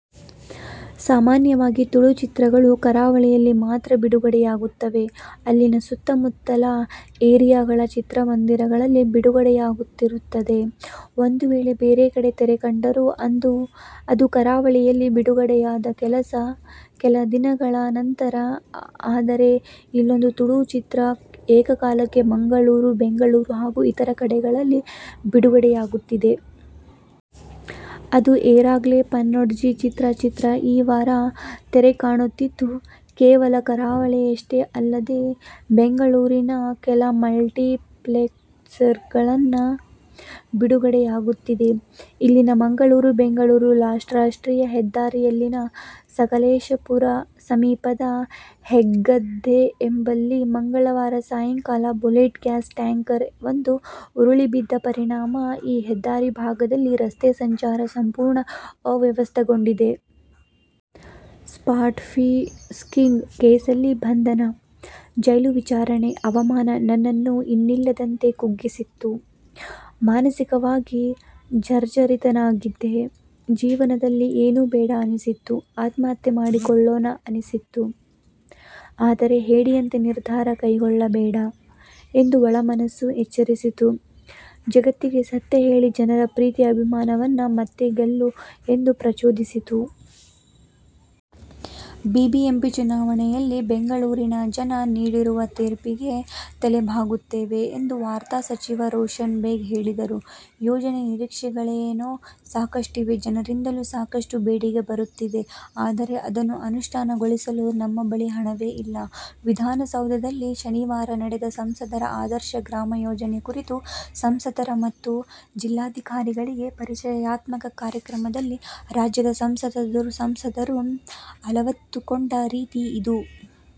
ಸಾಮಾನ್ಯವಾಗಿ ತುಳು ಚಿತ್ರಗಳು ಕರಾವಳಿಯಲ್ಲಿ ಮಾತ್ರ ಬಿಡುಗಡೆಯಾಗುತ್ತವೆ. ಅಲ್ಲಿನ ಸುತ್ತಮುತ್ತಲ ಏರಿಯಾಗಳ ಚಿತ್ರಮಂದಿರಗಳಲ್ಲಿ ಬಿಡುಗಡೆಯಾಗುತ್ತಿರುತ್ತದೆ. ಒಂದು ವೇಳೆ ಬೇರೆ ಕಡೆ ತೆರೆಕಂಡರೂ ಅದು ಕರಾವಳಿಯಲ್ಲಿ ಬಿಡುಗಡೆಯಾದ ಕೆಲ ದಿನಗಳ ನಂತರ. ಆದರೆ ಇಲ್ಲೊಂದು ತುಳು ಚಿತ್ರ ಏಕಕಾಲಕ್ಕೆ ಮಂಗಳೂರು, ಬೆಂಗಳೂರು ಹಾಗೂ ಇತರ ಕಡೆಗಳಲ್ಲಿ ಬಿಡುಗಡೆಯಾಗುತ್ತಿದೆ. ಅದು "ಏರೆಗ್ಲಾ ಪನೊಡ್ಜಿ' ಚಿತ್ರ. ಚಿತ್ರ ಈ ವಾರ ತೆರೆಕಾಣುತ್ತಿದ್ದು, ಕೇವಲ ಕರಾವಳಿಯಷ್ಟೇ ಅಲ್ಲದೇ, ಬೆಂಗಳೂರಿನ ಕೆಲ ಮಲ್ಟಿಪ್ಲೆಕ್ಸ್ಗಳಲ್ಲೂ ಬಿಡುಗಡೆಯಾಗುತ್ತಿದೆ. ಇಲ್ಲಿನ ಮಂಗಳೂರು- ಬೆಂಗಳೂರು ರಾಷ್ಟ್ರೀಯ ಹೆದ್ದಾರಿಯಲ್ಲಿನ ಸಕಲೇಶಪುರ ಸಮೀಪದ ಹೆಗ್ಗದ್ದೆ ಎಂಬಲ್ಲಿ ಮಂಗಳವಾರ ಸಾಯಂಕಾಲ ಬುಲೆಟ್ ಗ್ಯಾಸ್ ಟ್ಯಾಂಕರ್ ಒಂದು ಉರುಳಿಬಿದ್ದ ಪರಿಣಾಮ ಈ ಹೆದ್ದಾರಿ ಭಾಗದಲ್ಲಿ ರಸ್ತೆ ಸಂಚಾರ ಸಂಪೂರ್ಣ ಅಸ್ತವ್ಯಸ್ತಗೊಂಡಿದೆ. ಸ್ಪಾಟ್ಫಿಕ್ಸಿಂಗ್ ಕೇಸಲ್ಲಿ ಬಂಧನ, ಜೈಲು, ವಿಚಾರಣೆ, ಅವಮಾನ ನನ್ನನ್ನು ಇನ್ನಿಲ್ಲದಂತೆ ಕುಗ್ಗಿಸಿತ್ತು. ಮಾನಸಿಕವಾಗಿ ಜರ್ಝರಿತನಾಗಿದ್ದೆ. ಜೀವನದಲ್ಲಿ ಏನೂ ಬೇಡ ಅನಿಸಿತ್ತು. ಆತ್ಮಹತ್ಯೆ ಮಾಡಿಕೊಳ್ಳೋಣ ಅನಿಸಿತ್ತು. ಆದರೆ, ಹೇಡಿಯಂತೆ ನಿರ್ಧಾರ ಕೈಗೊಳ್ಳಬೇಡ ಎಂದು ಒಳಮನಸ್ಸು ಎಚ್ಚರಿಸಿತು. ಜಗತ್ತಿಗೆ ಸತ್ಯ ಹೇಳಿ, ಜನರ ಪ್ರೀತಿ-ಅಭಿಮಾನವನ್ನು ಮತ್ತೆ ಗೆಲ್ಲು ಎಂದು ಪ್ರಚೋದಿಸಿತು. ಬಿಬಿಎಂಪಿ ಚುನಾವಣೆಯಲ್ಲಿ ಬೆಂಗಳೂರಿನ ಜನ ನೀಡಿರುವ ತೀರ್ಪಿಗೆ ತಲೆಬಾಗುತ್ತೇವೆ ಎಂದು ವಾರ್ತಾ ಸಚಿವ ರೋಷನ್ ಬೇಗ್ ಹೇಳಿದರು. ಯೋಜನೆ ನಿರೀಕ್ಷೆಗಳೇನೋ ಸಾಕಷ್ಟಿವೆ. ಜನರಿಂದಲೂ ಸಾಕಷ್ಟು ಬೇಡಿಕೆ ಬರುತ್ತಿದೆ. ಆದರೆ, ಅದನ್ನು ಅನುಷ್ಠಾನಗೊಳಿಸಲು ನಮ್ಮ ಬಳಿ ಹಣವೇ ಇಲ್ಲ! ವಿಧಾನಸೌಧದಲ್ಲಿ ಶನಿವಾರ ನಡೆದ ಸಂಸದರ ಆದರ್ಶ ಗ್ರಾಮ ಯೋಜನೆ ಕುರಿತು ಸಂಸದರು ಮತ್ತು ಜಿಲ್ಲಾಧಿಕಾರಿಗಳಿಗೆ ಪರಿಚಯಾತ್ಮಕ ಕಾರ್ಯಕ್ರಮದಲ್ಲಿ ರಾಜ್ಯದ ಸಂಸದರು ಅಲವತ್ತುಕೊಂಡ ರೀತಿ ಇದು.